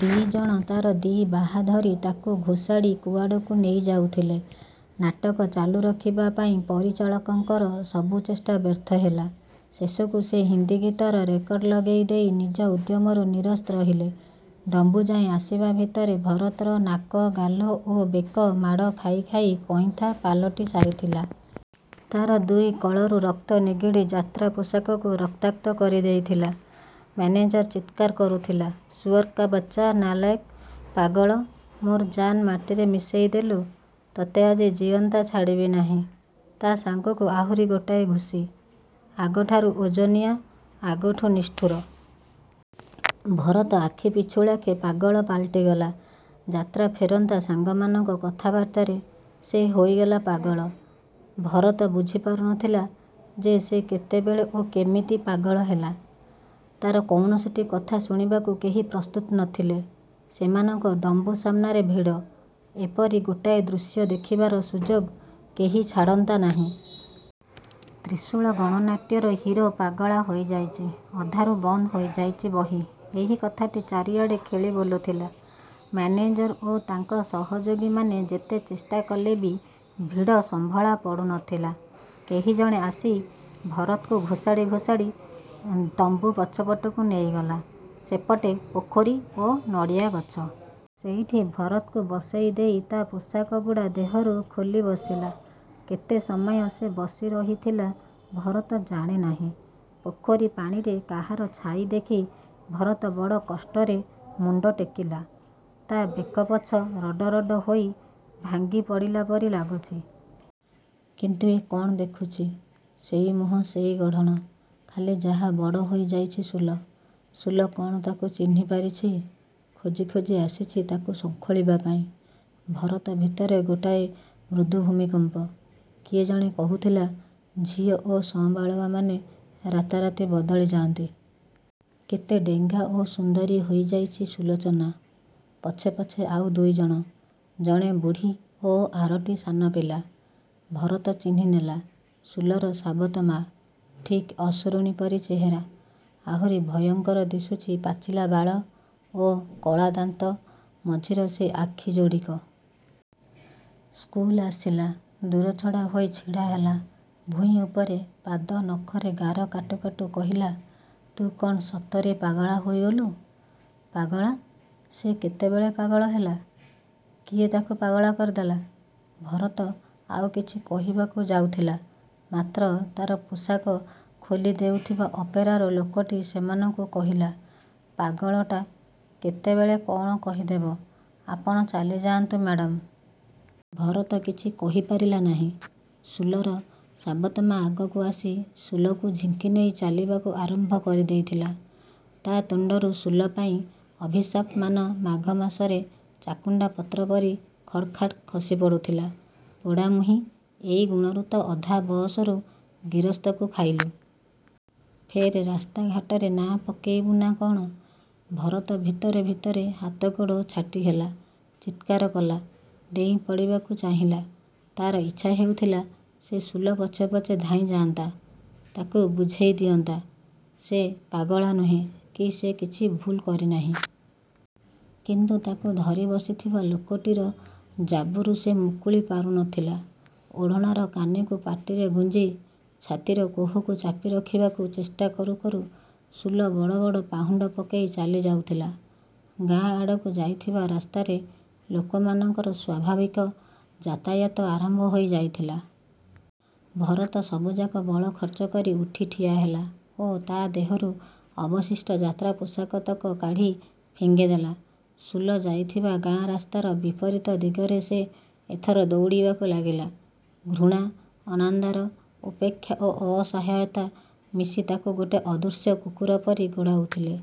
ଦି ଜଣ ତାର ଦି ବାହା ଧରି ତାକୁ ଘୋଷାଡ଼ି କୁଆଡ଼କୁ ନେଇଯାଉଥିଲେ। ନାଟକ ଚାଲୁ ରଖିବା ପାଇଁ ପରିଚାଳକଙ୍କର ସବୁ ଚେଷ୍ଟା ବ୍ୟର୍ଥ ହେଲା। ଶେଷକୁ ସେ ହିନ୍ଦୀ ଗୀତର ରେକର୍ଡ ଲଗେଇ ଦେଇ ନିଜ ଉଦ୍ୟମରୁ ନିରସ୍ତ ରହିଲେ। ତମ୍ବୁଯାଏ ଆସିବା ଭିତରେ ଭରତର ନାକ, ଗାଲ ଓ ବେକ ମାଡ଼ ଖାଇ ଖାଇ କଇଁଥା ପାଲଟି ସାରିଥିଲା। ତାର ଦୁଇ କଳରୁ ରକ୍ତ ନିଗିଡ଼ି ଯାତ୍ରା ପୋଷାକକୁ ରକ୍ତାକ୍ତ କରିଦେଇଥିଲା। ମ୍ୟାନେଜର ଚିତ୍କାର କରୁଥିଲା, "ସୁଅର୍କା ବଚ୍ଚା, ନାଲାଏକ୍। ପାଗଳ। ମୋର ଜାନ୍ ମାଟିରେ ମିଶେଇଦେଲୁ, ତୋତେ ଆଜି ଜିଅନ୍ତା ଛାଡ଼ିବି ନାହିଁ " ତା ସାଙ୍ଗକୁ ଆହୁରି ଗୋଟାଏ ଘୁଷି, ଆଗଠାରୁ ଓଜନିଆ, ଆଗଠୁଁ ନିଷ୍ଠୁର। ଭରତ ଆଖିପିଛୁଳାକେ ପାଗଳ ପାଲଟିଗଲା। ଯାତ୍ରାଫେରନ୍ତା ସାଙ୍ଗମାନଙ୍କ କଥାବାର୍ତ୍ତାରେ ସେ ହୋଇଗଲା ପାଗଳା। ଭରତ ବୁଝିପାରୁନଥିଲା ଯେ ସେ କେତେବେଳେ ଓ କେମିତି ପାଗଳ ହେଲା? ତାର କୌଣସିଟି କଥା ଶୁଣିବାକୁ କେହି ପ୍ରସ୍ତୁତ ନ ଥିଲେ। ସେମାନଙ୍କ ତମ୍ବୁ ସାମ୍ନାରେ ଭିଡ଼। ଏପରି ଗୋଟାଏ ଦୃଶ୍ୟ ଦେଖିବାର ସୁଯୋଗ କେହି ଛାଡ଼ନ୍ତା ନାହିଁ। 'ତ୍ରିଶୂଳ ଗଣନାଟ୍ୟ'ର ହିରୋ ପାଗଳା ହୋଇଯାଇଛି, ଅଧାରୁ ବନ୍ଦ ହୋଇଯାଇଛି ବହି, ଏହି କଥାଟା ଚାରିଆଡ଼େ ଖେଳିବୁଲୁଥିଲା। ମ୍ୟାନେଜର ଓ ତାଙ୍କ ସହଯୋଗୀମାନେ ଯେତେ ଚେଷ୍ଟା କଲେ ବି ଭିଡ଼ ସମ୍ଭଳା ପଡ଼ୁ ନଥିଲା। କେହିଜଣେ ଆସି ଭରତକୁ ଘୋଷାଡ଼ି ଘୋଷାଡ଼ି ତମ୍ବୁ ପଛପଟକୁ ନେଇଗଲା। ସେପଟେ ପୋଖରୀ ଓ ନଡ଼ିଆଗଛ। ସେଇଠି ଭରତକୁ ବସେଇ ଦେଇ ତା ପୋଷାକଗୁଡ଼ା ଦେହରୁ ଖୋଲି ବସିଲା। କେତେ ସମୟ ସେ ବସିରହିଥିଲା ଭରତ ଜାଣେ ନାହିଁ। ପୋଖରୀ ପାଣିରେ କାହାର ଛାଇ ଦେଖି ଭରତ ବଡ଼ କଷ୍ଟରେ ମୁଣ୍ଡ ଟେକିଲା। ତା ବେକପଛ ରଡ଼ରଡ଼ ହୋଇ ଭାଙ୍ଗିଗଲା ପରି ଲାଗୁଛି। କିନ୍ତୁ ଏ କଣ ଦେଖୁଛି! ସେଇ ମୁହଁ, ସେଇ ଗଢ଼ଣ। ଖାଲି ଯାହା ବଡ଼ ହୋଇଯାଇଛି ସୁଲ। ସୁଲ କଣ ତାକୁ ଚିହ୍ନିପାରିଛି! ଖୋଜି ଖୋଜି ଆସିଛି ତାକୁ ଶଙ୍ଖୋଳିବା ପାଇଁ! ଭରତ ଭିତରେ ଗୋଟାଏ ମୃଦୁ ଭୂମିକମ୍ପ। କିଏ ଜଣେ କହୁଥିଲା ଝିଅ ଓ ସଁବାଳୁଆମାନେ ରାତାରାତି ବଦଳି ଯାଆନ୍ତି। କେଡ଼େ ଡେଙ୍ଗା ଓ ସୁନ୍ଦରୀ ହୋଇଯାଇଛି ସୁଲୋଚନା? ପଛେ ପଛେ ଆଉ ଦୁଇଜଣ। ଜଣେ ବୁଢ଼ୀ ଓ ଆରଟି ସାନ ପିଲା। ଭରତ ଚିହ୍ନିନେଲା, ସୁଲର ସାବତ ମା। ଠିକ୍ ଅସୁରୁଣୀ ପରି ଚେହେରା, ଆହୁରି ଭୟଙ୍କର ଦିଶୁଛି ପାଚିଲା ବାଳ ଓ କଳାଦାନ୍ତ ମଝିର ସେ ଆଖିଯୋଡ଼ିକ। ସୁଲ ଆସିଲା। ଦୂରଛଡ଼ା ହୋଇ ଛିଡ଼ାହେଲା। ଭୂଇଁ ଉପରେ ପାଦ ନଖରେ ଗାର କାଟୁ କାଟୁ କହିଲା, "ତୁ କଣ ସତରେ ପାଗଳା ହୋଇଗଲୁ?" "ପା ଗ ଳା!" ସେ କେତେବେଳେ ପାଗଳ ହେଲା? କିଏ ତାକୁ ପାଗଳା କରିଦେଲା? ଭରତ ଆଉ କିଛି କହିବାକୁ ଯାଉଥିଲା, ମାତ୍ର ତାର ପୋଷାକ ଖୋଲି ଦେଉଥିବା ଅପେରାର ଲୋକଟି ସେମାନଙ୍କୁ କହିଲା, "ପାଗଳଟା, କେତେବେଳେ କଣ କହିଦେବ, ଆପଣ ଚାଲିଯାଆନ୍ତୁ ମ୍ୟାଡାମ୍।" ଭରତ କିଛି କହିପାରିଲା ନାହିଁ। ସୁଲର ସାବତ ମା ଆଗକୁ ଆସି ସୁଲକୁ ଝିଙ୍କିନେଇ ଚାଲିବାକୁ ଆରମ୍ଭ କରିଦେଇଥିଲା। ତା ତୁଣ୍ଡରୁ ସୁଲ ପାଇଁ ଅଭିଶାପମାନ ମାଘମାସରେ ଚାକୁଣ୍ଡା ପତ୍ର ପରି ଖଡ୍‌ଖାଡ୍ ଖସିପଡ଼ୁଥିଲା। "ପୋଡ଼ାମୁହୀଁ, ଏଇ ଗୁଣରୁ ତ ଅଧା ବଅସରୁ ଗିରସ୍ତକୁ ଖାଇଲୁ। ଫେର୍ ରାସ୍ତାଘାଟରେ ନାଁ ପକେଇବୁ ନା କ'ଣ?" ଭରତ ଭିତରେ ଭିତରେ ହାତଗୋଡ଼ ଛାଟିହେଲା, ଚିତ୍କାର କଲା। ଡେଇଁ ପଡ଼ିବାକୁ ଚାହିଁଲା। ତାର ଇଚ୍ଛା ହେଉଥିଲା ସେ ସୁଲ ପଛେ ପଛେ ଧାଇଁ ଯାଆନ୍ତା, ତାକୁ ବୁଝେଇ ଦିଅନ୍ତା। ସେ ପାଗଳ ନୁହେଁ କି ସେ କିଛି ଭୁଲ୍ କରିନାହିଁ। କିନ୍ତୁ ତାକୁ ଧରିବସିଥିବା ଲୋକଟିର ଜାବରୁ ସେ ମୁକୁଳି ପାରୁ ନଥିଲା। ଓଢ଼ଣାର କାନିକୁ ପାଟିରେ ଗୁଞ୍ଜି, ଛାତିର କୋହକୁ ଚାପି ରଖିବାକୁ ଚେଷ୍ଟା କରୁ କରୁ ସୁଲ ବଡ଼ ବଡ଼ ପାହୁଣ୍ଡ ପକେଇ ଚାଲିଯାଉଥିଲା। ଗାଁ ଆଡ଼କୁ ଯାଇଥିବା ରାସ୍ତାରେ ଲୋକମାନଙ୍କର ସ୍ୱାଭାବିକ ଯାତାୟାତ ଆରମ୍ଭ ହୋଇ ଯାଇଥିଲା। ଭରତ ସବୁଯାକ ବଳ ଖର୍ଚ୍ଚ କରି ଉଠି ଠିଆହେଲା ଓ ତା ଦେହରୁ ଅବଶିଷ୍ଟ ଯାତ୍ରାପୋଷାକତକ କାଢ଼ି ଫିଙ୍ଗିଦେଲା। ସୁଲ ଯାଇଥିବା ଗାଁ ରାସ୍ତାର ବିପରୀତ ଦିଗରେ ସେ ଏଥର ଦଉଡ଼ିବାକୁ ଲାଗିଲା। ଘୃଣା, ଅନାଦର, ଉପେକ୍ଷା ଓ ଅସହାୟତା ମିଶି ତାକୁ ଗୋଟେ ଅଦୃଶ୍ୟ କୁକୁର ପରି ଗୋଡ଼ଉଥିଲେ।